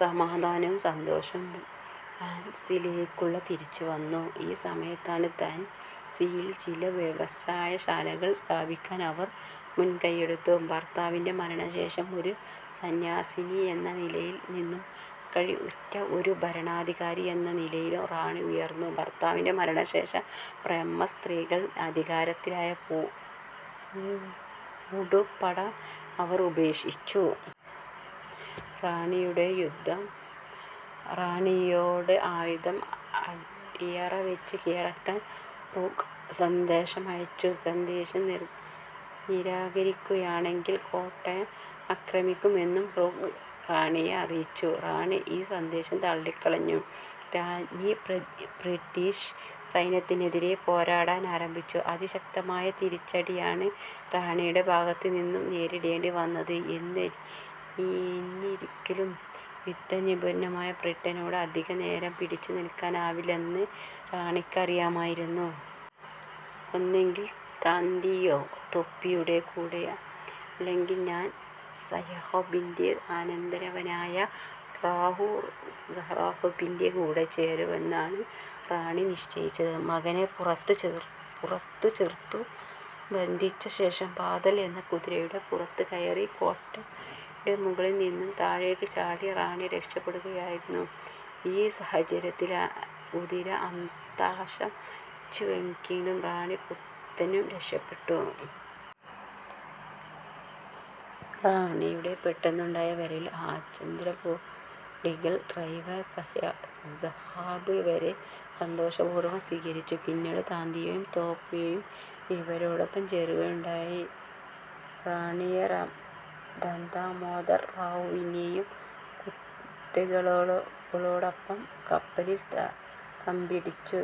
സമാധാനവും സന്തോഷവും ഝാൻസിയിലേക്കു തിരിച്ചുവന്നു. ഈ സമയത്ത് ഝാൻസിയിൽ ചില വ്യവസായശാലകൾ സ്ഥാപിക്കാനും അവർ മുൻകൈയ്യെടുത്തു. ഭർത്താവിന്റെ മരണശേഷം ഒരു സന്യാസിനി എന്ന നിലയിൽ നിന്നും കഴിവുറ്റ ഒരു ഭരണാധികാരി എന്ന നിലയിലേക്ക് റാണി ഉയർന്നു. ഭർത്താവിന്റെ മരണശേഷം ബ്രാഹ്മണസ്ത്രീകൾ ധരിക്കേണ്ടതായ മൂടുപടം അവർ ഉപേക്ഷിച്ചു. റാണിയോട് ആയുധം അടിയറവെച്ച് കീഴടങ്ങാൻ ഹ്യൂഗ് സന്ദേശമയച്ചു. സന്ദേശം നിരാകരിക്കുകയാണെങ്കിൽ കോട്ട ആക്രമിക്കുമെന്നും ഹ്യൂഗ് റാണിയെ അറിയിച്ചു. റാണി ഈ സന്ദേശം തള്ളിക്കളഞ്ഞു. രാജ്ഞി ബ്രിട്ടീഷ് സൈന്യത്തിനെതിരെ പോരാട്ടമാരംഭിച്ചു. അതിശക്തമായ തിരിച്ചടിയാണ് റാണിയുടെ ഭാഗത്തു നിന്നും നേരിടേണ്ടി വന്നത്. എന്നിരിക്കിലും യുദ്ധനിപുണരായ ബ്രിട്ടനോട് അധികനേരം പിടിച്ചു നിൽക്കാനാവില്ലെന്ന് റാണിക്ക് അറിയാമായിരുന്നു. ഒന്നുകിൽ താന്തിയോ തോപ്പിയുടെ കൂടെയോ അതല്ലെങ്കിൽ നാനാ സാഹേബിന്റെ അനന്തരവനായ റാവു സാഹേബിന്റെ കൂടെ ചേരുവാനോ ആണ് റാണി നിശ്ചയിച്ചത്. മകനെ പുറത്തുചേർത്തു ബന്ധിച്ചശേഷം ബാദൽ എന്ന കുതിരയുടെ പുറത്തു കയറി കോട്ടയുടെ മുകളിൽ നിന്നും താഴേക്കു ചാടി റാണി രക്ഷപ്പെടുകയായിരുന്നു. ഈ സാഹസത്തിൽ കുതിര അന്ത്യശ്വാസം വലിച്ചുവെങ്കിലും റാണിയും, പുത്രനും രക്ഷപ്പെട്ടു. റാണിയുടെ പെട്ടെന്നുണ്ടായ വരവിൽ ആശ്ചര്യം പൂണ്ടെങ്കിലും റാവോ സാഹേബ് അവരെ സന്തോഷപൂർവ്വം സ്വീകരിച്ചു. പിന്നീട് താന്തിയോ തോപ്പേയും ഇവരോടൊപ്പം ചേരുകയുണ്ടായി. റാണി ദാമോദർ റാവുവിനോടും കൂട്ടാളികളോടുമൊപ്പം കല്പിയിൽ തമ്പടിച്ചു.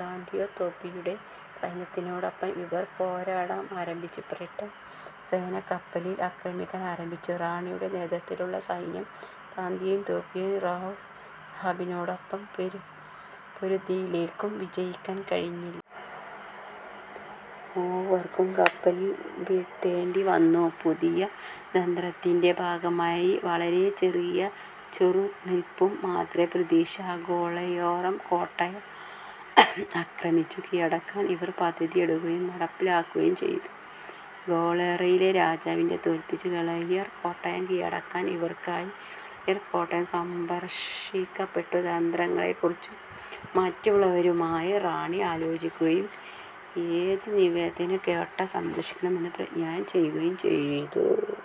താന്തിയാതോപ്പിയുടെ സൈന്യത്തോടൊപ്പം ഇവർ പോരാട്ടമാരംഭിച്ചു. ബ്രിട്ടന്റെ സേന കല്പിയും ആക്രമിക്കാൻ ആരംഭിച്ചു. റാണിയുടെ നേതൃത്വത്തിലുള്ള സൈന്യം, താന്തിയോ തോപ്പിയും, റാവു സാഹേബിനുമൊപ്പം പൊരുതിയെങ്കിലും വിജയിക്കാൻ കഴിഞ്ഞില്ല. മൂവർക്കും കല്പി വിട്ടോടേണ്ടി വന്നു. പുതിയ തന്ത്രത്തിന്റെ ഭാഗമായി വളരെ ചെറിയ ചെറുത്തുനിൽപ്പു മാത്രം പ്രതീക്ഷിച്ച ഗ്വാളിയോർ കോട്ട ആക്രമിച്ചു കീഴടക്കാൻ ഇവർ പദ്ധതിയിടുകയും നടപ്പാക്കുകയും ചെയ്തു. ഗ്വാളിയറിലെ രാജാവിനെ തോല്പിച്ച് ഗ്വാളിയർ കോട്ട കീഴടക്കാൻ ഇവർക്കായി. ഗ്വാളിയോർ കോട്ട സംരക്ഷിക്കേണ്ട തന്ത്രങ്ങളെക്കുറിച്ച് മറ്റുള്ളവരുമായി റാണി ആലോചിക്കുകയും ഏതു വിധേനേയും കോട്ട സംരക്ഷിക്കുമെന്ന് പ്രതിജ്ഞ ചെയ്യുകയും ചെയ്തു.